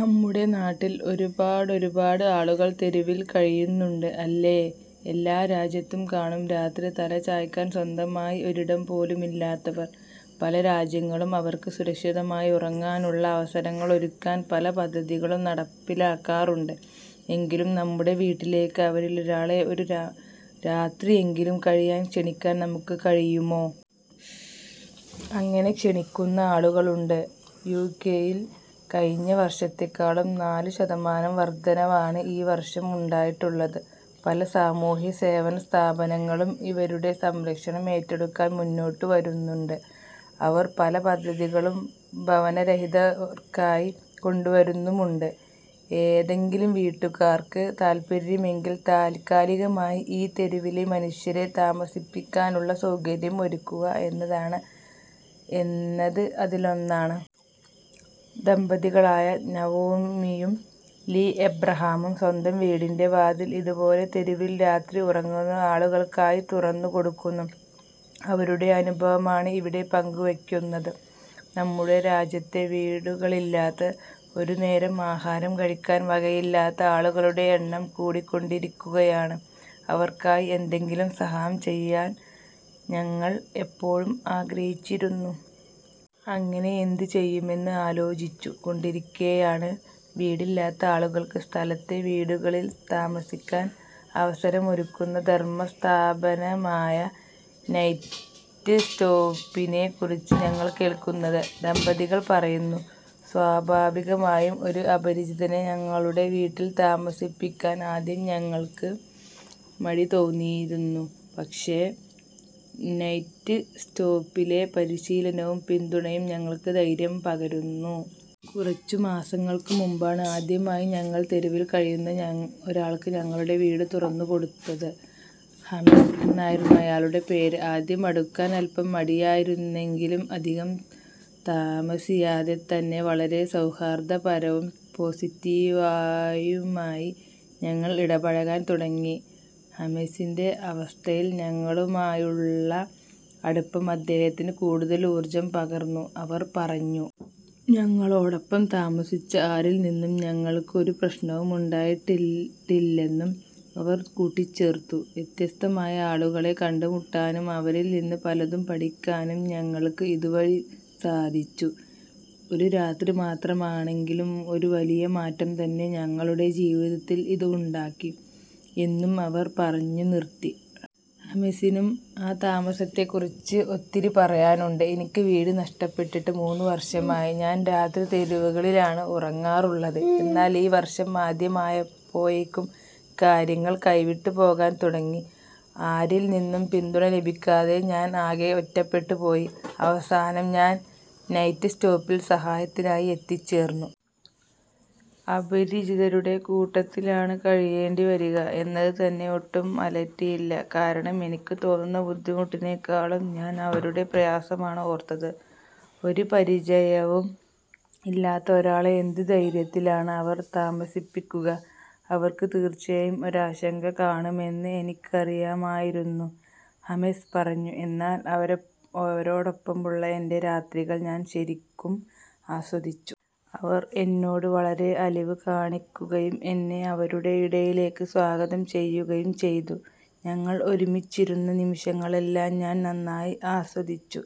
നമ്മുടെ നാട്ടില്‍ ഒരുപാടൊരുപാട് ആളുകള്‍ തെരുവില്‍ കഴിയുന്നുണ്ട് അല്ലേ? എല്ലാ രാജ്യത്തും കാണും രാത്രി തല ചായ്ക്കാന്‍ സ്വന്തമായി ഒരിടം പോലുമില്ലാത്തവർ. പല രാജ്യങ്ങളും അവര്‍ക്ക് സുരക്ഷിതമായി ഉറങ്ങാനുള്ള അവസരങ്ങളൊരുക്കാൻ പല പദ്ധതികളും നടപ്പിലാക്കാറുണ്ട്. എങ്കിലും, നമ്മുടെ വീട്ടിലേക്ക് അവരിലൊരാളെ ഒരു രാത്രിയെങ്കിലും കഴിയാന്‍ ക്ഷണിക്കാന്‍ നമുക്ക് കഴിയുമോ? അങ്ങനെ ക്ഷണിക്കുന്ന ആളുകളുണ്ട് യു.കെയില്‍. കഴിഞ്ഞ വർഷത്തെക്കാളും നാല് ശതമാനം വർദ്ധനവാണ് ഈ വർഷം ഉണ്ടായിട്ടുള്ളത്. പല സാമൂഹ്യ സേവന സ്ഥാപനങ്ങളും ഇവരുടെ സംരക്ഷണം ഏറ്റെടുക്കാൻ മുന്നോട്ടു വരുന്നുണ്ട്. അവർ പല പദ്ധതികളും ഭവനരഹിതർക്കായി കൊണ്ടുവരുന്നുമുണ്ട്. ഏതെങ്കിലും വീട്ടുകാർക്ക് താല്പര്യമെങ്കിൽ താൽക്കാലികമായി ഈ തെരുവിലെ മനുഷ്യരെ താമസിപ്പിക്കാനുള്ള സൗകര്യം ഒരുക്കുക എന്നത് അതിലൊന്നാണ്. ദമ്പതികളായ നവോമിയും, ലീ എബ്രഹാമും സ്വന്തം വീടിൻ്റെ വാതിൽ ഇതുപോലെ തെരുവിൽ രാത്രി ഉറങ്ങുന്ന ആളുകൾക്കായി തുറന്നു കൊടുക്കുന്നു. അവരുടെ അനുഭവമാണ് ഇവിടെ പങ്കുവെയ്ക്കുന്നത്. " നമ്മുടെ രാജ്യത്ത് വീടുകളിലാത്ത, ഒരുനേരം ആഹാരം കഴിക്കാൻ വകയില്ലാത്ത ആളുകളുടെ എണ്ണം കൂടിക്കൊണ്ടിരിക്കുകയാണ്. അവർക്കായി എന്തെങ്കിലും സഹായം ചെയ്യാൻ ഞങ്ങൾ എപ്പോഴും ആഗ്രഹിച്ചിരുന്നു. അങ്ങനെ എന്ത് ചെയ്യുമെന്ന് ആലോചിച്ചു കൊണ്ടിരിക്കേയാണ്, വീടില്ലാത്ത ആളുകള്‍ക്ക് സ്ഥലത്തെ വീടുകളിൽ താമസിക്കാൻ അവസരമൊരുക്കുന്ന ധർമ്മ സ്ഥാപനമായ നൈറ്റ്സ്റ്റോപ്പിനെ കുറിച്ച് ഞങ്ങൾ കേൾക്കുന്നത് " ദമ്പതികൾ പറയുന്നു. " സ്വാഭാവികമായും, ഒരു അപരിചിതനെ ഞങ്ങളുടെ വീട്ടിൽ താമസിപ്പിക്കാൻ ആദ്യം ഞങ്ങൾക്ക് മടിതോന്നിയിരുന്നു. പക്ഷേ, നൈറ്റ്സ്റ്റോപ്പിലെ പരിശീലനവും പിന്തുണയും ഞങ്ങൾക്ക് ധൈര്യം പകർന്നു. കുറച്ച് മാസങ്ങൾക്ക് മുമ്പാണ് ആദ്യമായി ഞങ്ങൾ തെരുവിൽ കഴിയുന്ന ഒരാൾക്ക് ഞങ്ങളുടെ വീട് തുറന്നു കൊടുത്തത്. ഹമെസ് എന്നായിരുന്നു ആയാളുടെ പേര്. ആദ്യം അടുക്കാൻ അല്പം മടിയായിരുന്നെങ്കിലും, അധികം താമസിയാതെത്തന്നെ വളരെ സൗഹാർദ്ദപരവും പോസിറ്റീവായുമായി ഞങ്ങൾ ഇടപഴകാൻ തുടങ്ങി. ഹമെസിൻ്റെ അവസ്ഥയിൽ ഞങ്ങളുമായുള്ള അടുപ്പം അദ്ദേഹത്തിന് കൂടുതൽ ഊർജ്ജം പകർന്നു " അവർ പറഞ്ഞു. ഞങ്ങളോടൊപ്പം താമസിച്ച ആരിൽനിന്നും ഞങ്ങൾക്ക് ഒരു പ്രശ്നവും ഉണ്ടായിട്ടില്ലെന്നും അവർ കൂട്ടിച്ചേർത്തു. " വ്യത്യസ്തമായ ആളുകളെ കണ്ടുമുട്ടാനും, അവരിൽനിന്ന് പലതും പഠിക്കാനും ഞങ്ങൾക്ക് ഇതുവഴി സാധിച്ചു. ഒരു രാത്രി മാത്രമാണെങ്കിലും, ഒരു വലിയ മാറ്റംതന്നെ ഞങ്ങളുടെ ജീവിത്തിൽ ഇത് ഉണ്ടാക്കി '' എന്നും അവർ പറഞ്ഞുനിർത്തി. ഹമെസിനും ആ താമസത്തെ കുറിച്ച് ഒത്തിരി പറയാനുണ്ട്. " എനിക്ക് വീട് നഷ്ടപ്പെട്ടിട്ട് മൂന്ന് വർഷമായി. ഞാൻ രാത്രി തെരുവുകളിലാണ് ഉറങ്ങാറുള്ളത്. എന്നാൽ, ഈ വർഷം ആദ്യമായപ്പോഴേക്കും കാര്യങ്ങൾ കൈവിട്ട് പോകാൻ തുടങ്ങി. ആരിൽനിന്നും പിന്തുണ ലഭിക്കാതെ ഞാൻ ആകെ ഒറ്റപ്പെട്ടു പോയി. അവസാനം ഞാൻ നൈറ്റ്സ്റ്റോപ്പിൽ സഹായത്തിനായി എത്തിച്ചേർന്നു. അപരിചിതരുടെ കൂട്ടത്തിലാണ് കഴിയേണ്ടിവരിക എന്നത് എന്നെ ഒട്ടും അലട്ടിയില്ല. കാരണം എനിക്ക് തോന്നുന്ന ബുദ്ധിമുട്ടിനേക്കാളും ഞാൻ അവരുടെ പ്രയാസമാണ് ഓർത്തത്. ഒരുപരിചയവും ഇല്ലാത്ത ഒരാളെ എന്ത് ധൈര്യത്തിലാണ് അവർ താമസിപ്പിക്കുക? അവർക്ക് തീർച്ചയായും ഒരാശങ്ക കാണുമെന്ന് എനിക്കറിയാമായിരുന്നു " ഹമെസ് പറഞ്ഞു. " എന്നാൽ, അവരോടൊപ്പമുള്ള എൻ്റെ രാത്രികൾ ഞാൻ ശരിക്കും ആസ്വദിച്ചു. അവർ എന്നോട് വളരെ അലിവ് കാണിക്കുകയും, എന്നെ അവരുടെ ഇടയിലേക്ക് സ്വാഗതം ചെയ്യുകയും ചെയ്തു. ഞങ്ങൾ ഒരുമിച്ചിരുന്ന നിമിഷങ്ങളെല്ലാം ഞാൻ നന്നായി ആസ്വദിച്ചു.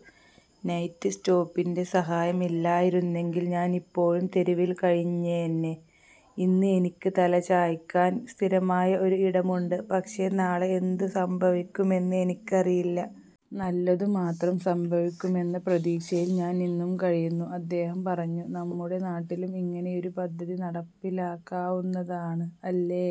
നൈറ്റ്സ്റ്റോപ്പിൻ്റെ സഹായം ഇല്ലായിരുന്നെങ്കിൽ ഞാൻ ഇപ്പോഴും തെരുവിൽ കഴിഞ്ഞേന്നെ. ഇന്ന് എനിക്ക് തലചായ്ക്കാൻ സ്ഥിരമായ ഒരു ഇടമുണ്ട്. പക്ഷേ, നാളെ എന്തുസംഭവിക്കുമെന്ന് എനിക്കറിയില്ല. നല്ലതുമാത്രം സംഭവിക്കുമെന്ന പ്രതീക്ഷയിൽ ഞാൻ ഇന്നും കഴിയുന്നു " അദ്ദേഹം പറഞ്ഞു. നമ്മുടെ നാട്ടിലും ഇങ്ങനെയൊരു പദ്ധതി നടപ്പിലാക്കാവുന്നതാണ് അല്ലേ.